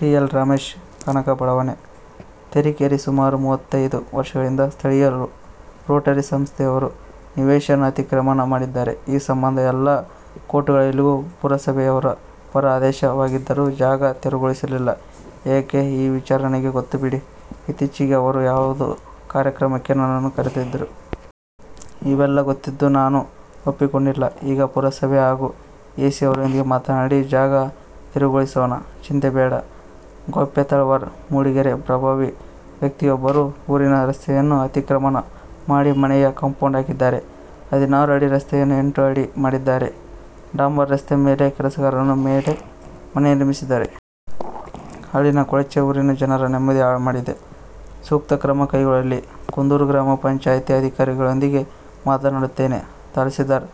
T. L. Ramesh, Kanaka ಬಡಾವಣೆ, ತರೀಕೆರೆ ಸುಮಾರು ಮೂವತ್ತೈದು ವರ್ಷಗಳಿಂದ ಸ್ಥಳೀಯ ರೋಟರಿ ಸಂಸ್ಥೆಯವರು ನಿವೇಶನ ಅತಿಕ್ರಮಣ ಮಾಡಿದ್ದಾರೆ. ಈ ಸಂಬಂಧ ಎಲ್ಲ ಕೋರ್ಟುಗಳಲ್ಲಿಯೂ ಪುರಸಭೆಯವರ ಪರ ಆದೇಶ ಆಗಿದ್ದರೂ ಜಾಗ ತೆರವುಗೊಳಿಸಿಲ್ಲ ಏಕೆ? ಈ ವಿಚಾರ ನನಗೆ ಗೊತ್ತು ಬಿಡಿ, ಇತ್ತೀಚೆಗೆ ಅವರು ಯಾವುದೋ ಕಾರ್ಯಕ್ರಮಕ್ಕೆ ನನ್ನನ್ನು ಕರೆದಿದ್ದರು. ಇವೆಲ್ಲಾ ಗೊತ್ತಿದ್ದು ನಾನು ಒಪ್ಪಿಕೊಂಡಿಲ್ಲ. ಈಗ ಪುರಸಭೆ ಹಾಗೂ ಎಸಿ ಅವರೊಂದಿಗೆ ಮಾತನಾಡಿ, ಜಾಗ ತೆರವುಗೊಳಿಸೋಣ. ಚಿಂತೆ ಬೇಡ. ಗೌಪ್ಯ, ತಳವಾರ, ಮೂಡಿಗೆರೆ ಪ್ರಭಾವಿ ವ್ಯಕ್ತಿಯೊಬ್ಬರು ಊರಿನ ರಸ್ತೆಯನ್ನು ಅತಿಕ್ರಮಣ ಮಾಡಿ ಮನೆಯ ಕಾಂಪೌಂಡ್ ಹಾಕಿದ್ದಾರೆ. ಹದಿನಾರು ಅಡಿ ರಸ್ತೆಯನ್ನು ಎಂಟು ಅಡಿ ಮಾಡಿದ್ದಾರೆ. ಡಾಂಬರು ರಸ್ತೆ ಮೇಲೆ ಕೆಲಸಗಾರರ ಮನೆ ನಿರ್ಮಿಸಿದ್ದಾರೆ. ಅಲ್ಲಿನ ಕೊಳಚೆ ಊರಿನ ಜನರ ನೆಮ್ಮದಿ ಹಾಳು ಮಾಡಿದೆ, ಸೂಕ್ತ ಕ್ರಮ ಕೈಗೊಳ್ಳಿ. ಕುಂದೂರು ಗ್ರಾಮ ಪಂಚಾಯಿತಿ ಅಧಿಕಾರಿಗಳೊಂದಿಗೆ ಮಾತನಾಡುತ್ತೇನೆ. ತಹಸೀಲ್ದಾರ್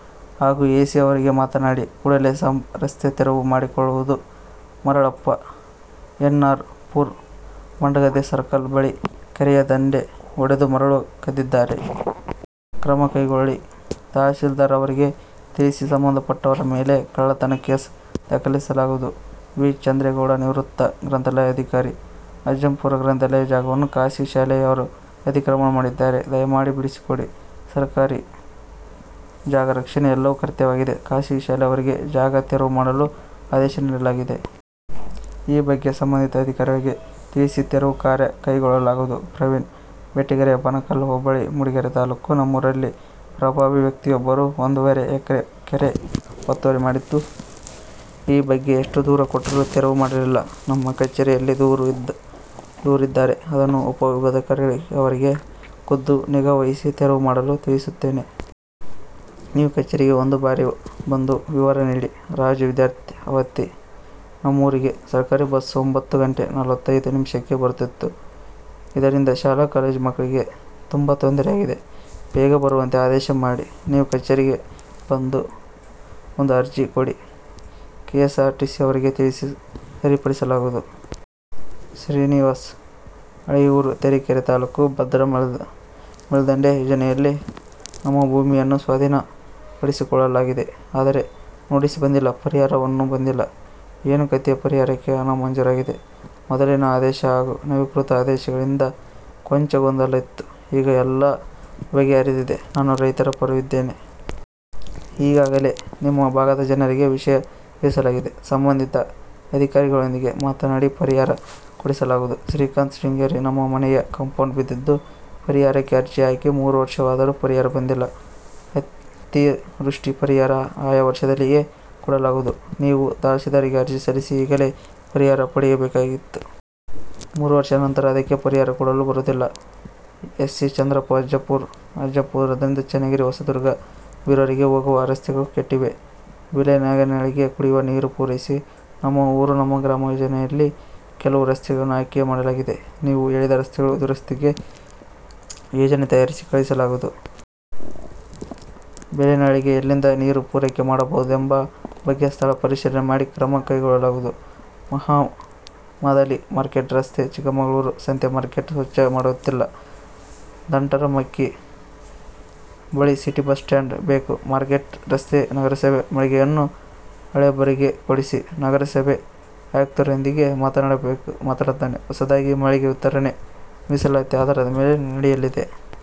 ಹಾಗೂ ಎಸಿ ಅವರಿಗೆ ಮಾತನಾಡಿ ಕೂಡಲೇ ರಸ್ತೆ ತೆರವು ಮಾಡಿಕೊಡಲಾಗುವುದು. Maralappa, N. R. Pura Mandagadde circle ಬಳಿ ಕೆರೆಯ ದಂಡೆ ಒಡೆದು ಮರಳು ಕದ್ದಿದ್ದಾರೆ. ಕ್ರಮ ಕೈಗೊಳ್ಳಿ. ತಹಸೀಲ್ದಾರ್ ಅವರಿಗೆ ತಿಳಿಸಿ ಸಂಬಂಧಪಟ್ಟವರ ಮೇಲೆ ಕಳ್ಳತನ ಕೇಸು ದಾಖಲಿಸಲಾಗುವುದು. ಬಿ. ಚಂದ್ರೇಗೌಡ, ನಿವೃತ್ತ ಗ್ರಂಥಾಲಯಾಧಿಕಾರಿ, ಅಜ್ಜಂಪುರ ಗ್ರಂಥಾಲಯ ಜಾಗವನ್ನು ಖಾಸಗಿ ಶಾಲೆಯವರು ಅತಿಕ್ರಮಣ ಮಾಡಿದ್ದಾರೆ. ದಯಮಾಡಿ ಬಿಡಿಸಿಕೊಡಿ. ಸರಕಾರಿ ಜಾಗ ರಕ್ಷಣೆ ಎಲ್ಲರ ಕರ್ತವ್ಯವಾಗಿದೆ. ಖಾಸಗಿ ಶಾಲೆಯವರಿಗೆ ಜಾಗ ತೆರವು ಮಾಡಲು ಆದೇಶ ನೀಡಲಾಗಿದೆ. ಈ ಬಗ್ಗೆ ಸಂಬಂಧಿತ ಅಧಿಕಾರಿಗಳಿಗೆ ತಿಳಿಸಿ ತೆರವು ಕಾರ್ಯ ಕೈಗೊಳ್ಳಲಾಗುವುದು. ಪ್ರವೀಣ ಬೆಟ್ಟಗೆರೆ, ಬಣಕಲ್ ಹೋಬಳಿ, ಮೂಡಿಗೆರೆ ತಾಲ್ಲೂಕು. ನಮ್ಮೂರಲ್ಲಿ ಪ್ರಭಾವಿ ವ್ಯಕ್ತಿಯೊಬ್ಬರು ಒಂದೂವರೆ ಎಕರೆ ಕೆರೆ ಒತ್ತುವರಿ ಮಾಡಿದ್ದು, ಈ ಬಗ್ಗೆ ಎಷ್ಟು ದೂರು ಕೊಟ್ಟರೂ ತೆರವು ಮಾಡಿಲ್ಲ. ನಮ್ಮ ಕಚೇರಿಯಲ್ಲಿ ದೂರು ಇದ್ದರೆ, ಅದನ್ನು ಉಪವಿಭಾಗಾಧಿಕಾರಿಯವರಿಗೆ ಖುದ್ದು ನಿಗಾವಹಿಸಿ ತೆರವು ಮಾಡಲು ತಿಳಿಸುತ್ತೇನೆ. ನೀವು ಕಚೇರಿಗೆ ಒಂದು ಬಾರಿ ಬಂದು ವಿವರ ನೀಡಿ. ರಾಜು, ವಿದ್ಯಾರ್ಥಿ, ಆವತಿ ನಮ್ಮೂರಿಗೆ ಸರಕಾರಿ ಬಸ್ ಒಂಬತ್ತು ಗಂಟೆ ನಲವತ್ತೈದು ನಿಮಿಷಕ್ಕೆ ಬರುತ್ತಿದ್ದು, ಇದರಿಂದ ಶಾಲಾ ಕಾಲೇಜು ಮಕ್ಕಳಿಗೆ ತುಂಬಾ ತೊದರೆಯಾಗಿದೆ. ಬೇಗ ಬರುವಂತೆ ಆದೇಶ ಮಾಡಿ. ನೀವು ಕಚೇರಿಗೆ ಬಂದು ಒಂದು ಅರ್ಜಿ ಕೊಡಿ ಕೆಎಸ್ಸಾರ್ಟಿಸಿಯವರಿಗೆ ತಿಳಿಸಿ ಸರಿಪಡಿಸಲಾಗುವುದು. ಶ್ರೀನಿವಾಸ್, ಹಳಿಯೂರು, ತರೀಕೆರೆ ತಾಲೂಕು ಭದ್ರಾ ಮೇಲ್ದಂಡೆ ಯೋಜನೆಯಲ್ಲಿ ನಮ್ಮ ಭೂಮಿಯನ್ನು ಸ್ವಾಧೀನ ಪಡಿಸಿಕೊಳ್ಳಲಾಗಿದೆ. ಆದರೆ ನೋಟಿಸ್ ಬಂದಿಲ್ಲ ಪರಿಹಾರನೂ ಬಂದಿಲ್ಲ, ಏನು ಕತೆ ಪರಿಹಾರಕ್ಕೆ ಹಣ ಮಂಜೂರಾಗಿದೆ. ಮೊದಲಿನ ಆದೇಶ ಹಾಗೂ ನವೀಕೃತ ಆದೇಶಗಳಿಂದ ಕೊಂಚ ಗೊಂದಲ ಇತ್ತು. ಈಗ ಎಲ್ಲ ಬಗೆಹರಿದಿದೆ. ನಾನು ರೈತರ ಪರವಿದ್ದೇನೆ. ಈಗಾಗಲೇ ನಿಮ್ಮ ಭಾಗದ ಜನರಿಗೆ ವಿಷಯ ತಿಳಿಸಲಾಗಿದೆ. ಸಂಬಂಧಿತ ಅಧಿಕಾರಿಗಳೊಂದಿಗೆ ಮಾತನಾಡಿ ಪರಿಹಾರ ಕೊಡಿಸಲಾಗುವುದು. ಶ್ರೀಕಾಂತ್, ಶೃಂಗೇರಿ ನಮ್ಮ ಮನೆಯ ಕಾಂಪೌಂಡ್ ಬಿದ್ದಿದ್ದು, ಪರಿಹಾರಕ್ಕೆ ಅರ್ಜಿ ಹಾಕಿ ಮೂರು ವರ್ಷವಾದರೂ ಪರಿಹಾರ ಬಂದಿಲ್ಲ. ಅತಿವೃಷ್ಟಿ ಪರಿಹಾರ ಆಯಾ ವರ್ಷದಲ್ಲಿಯೇ ಕೊಡಲಾಗುವುದು. ನೀವು ತಹಸೀಲ್ದಾರ್ಗೆ ಅರ್ಜಿ ಸಲ್ಲಿಸಿ ಆಗಲೇ ಪರಿಹಾರ ಪಡೆಯಬೇಕಿತ್ತು. ಮೂರು ವರ್ಷ ನಂತರ ಅದಕ್ಕೆ ಪರಿಹಾರ ಕೊಡಲು ಬರುವುದಿಲ್ಲ. ಎ. ಸಿ. ಚಂದ್ರಪ್ಪ, ಅಜ್ಜಂಪುರ ಅಜ್ಜಂಪುರದಿಂದ ಚನ್ನಗಿರಿ, ಹೊಸದುರ್ಗ, ಬೀರೂರಿಗೆ ಹೋಗುವ ರಸ್ತೆಗಳು ಕೆಟ್ಟಿವೆ, ಬೇಲೇನಹಳ್ಳಿಗೆ ಕುಡಿಯುವ ನೀರು ಪೂರೈಸಿ. ನಮ್ಮ ಊರು, ನಮ್ಮ ಗ್ರಾಮ ಯೋಜನೆಯಲ್ಲಿ ಕೆಲವು ರಸ್ತೆಗಳನ್ನು ಆಯ್ಕೆ ಮಾಡಲಾಗಿದೆ. ನೀವು ಹೇಳಿದ ರಸ್ತೆಗಳ ದುರಸ್ತಿಗೆ ಯೋಜನೆ ತಯಾರಿಸಿ ಕಳಿಸಲಾಗುವುದು. ಬೇಲೇನಹಳ್ಳಿಗೆ ಎಲ್ಲಿಂದ ನೀರು ಪೂರೈಕೆ ಮಾಡಬಹುದೆಂಬ ಬಗ್ಗೆ ಸ್ಥಳ ಪರಿಶೀಲನೆ ಮಾಡಿ ಕ್ರಮ ಕೈಗೊಳ್ಳಲಾಗುವುದು. ಮಹಮದಾಲಿ, ಮಾರ್ಕೆಟ್ ರಸ್ತೆ, ಚಿಕ್ಕಮಗಳೂರು. ಸಂತೆ ಮಾರ್ಕೆಟ್ ಸ್ವಚ್ಛ ಮಾಡುತ್ತಿಲ್ಲ, ದಂಟರಮಕ್ಕಿ ಬಳಿ ಸಿಟಿ ಬಸ್ ಸ್ಟಾಪ್ ಬೇಕು, ಮಾರ್ಕೆಟ್ ರಸ್ತೆ ನಗರಸಭೆ ಮಳಿಗೆಯನ್ನು ಹಳಬರಿಗೇ ಕೊಡಿಸಿ. ನಗರಸಭೆ ಆಯುಕ್ತರೊಂದಿಗೆ ಮಾತನಾಡುತ್ತೇನೆ. ಹೊಸದಾಗಿ ಮಳಿಗೆ ವಿತರಣೆ ಮೀಸಲಾತಿ ಆಧಾರದ ಮೇಲೆ ನಡೆಯಲಿದೆ.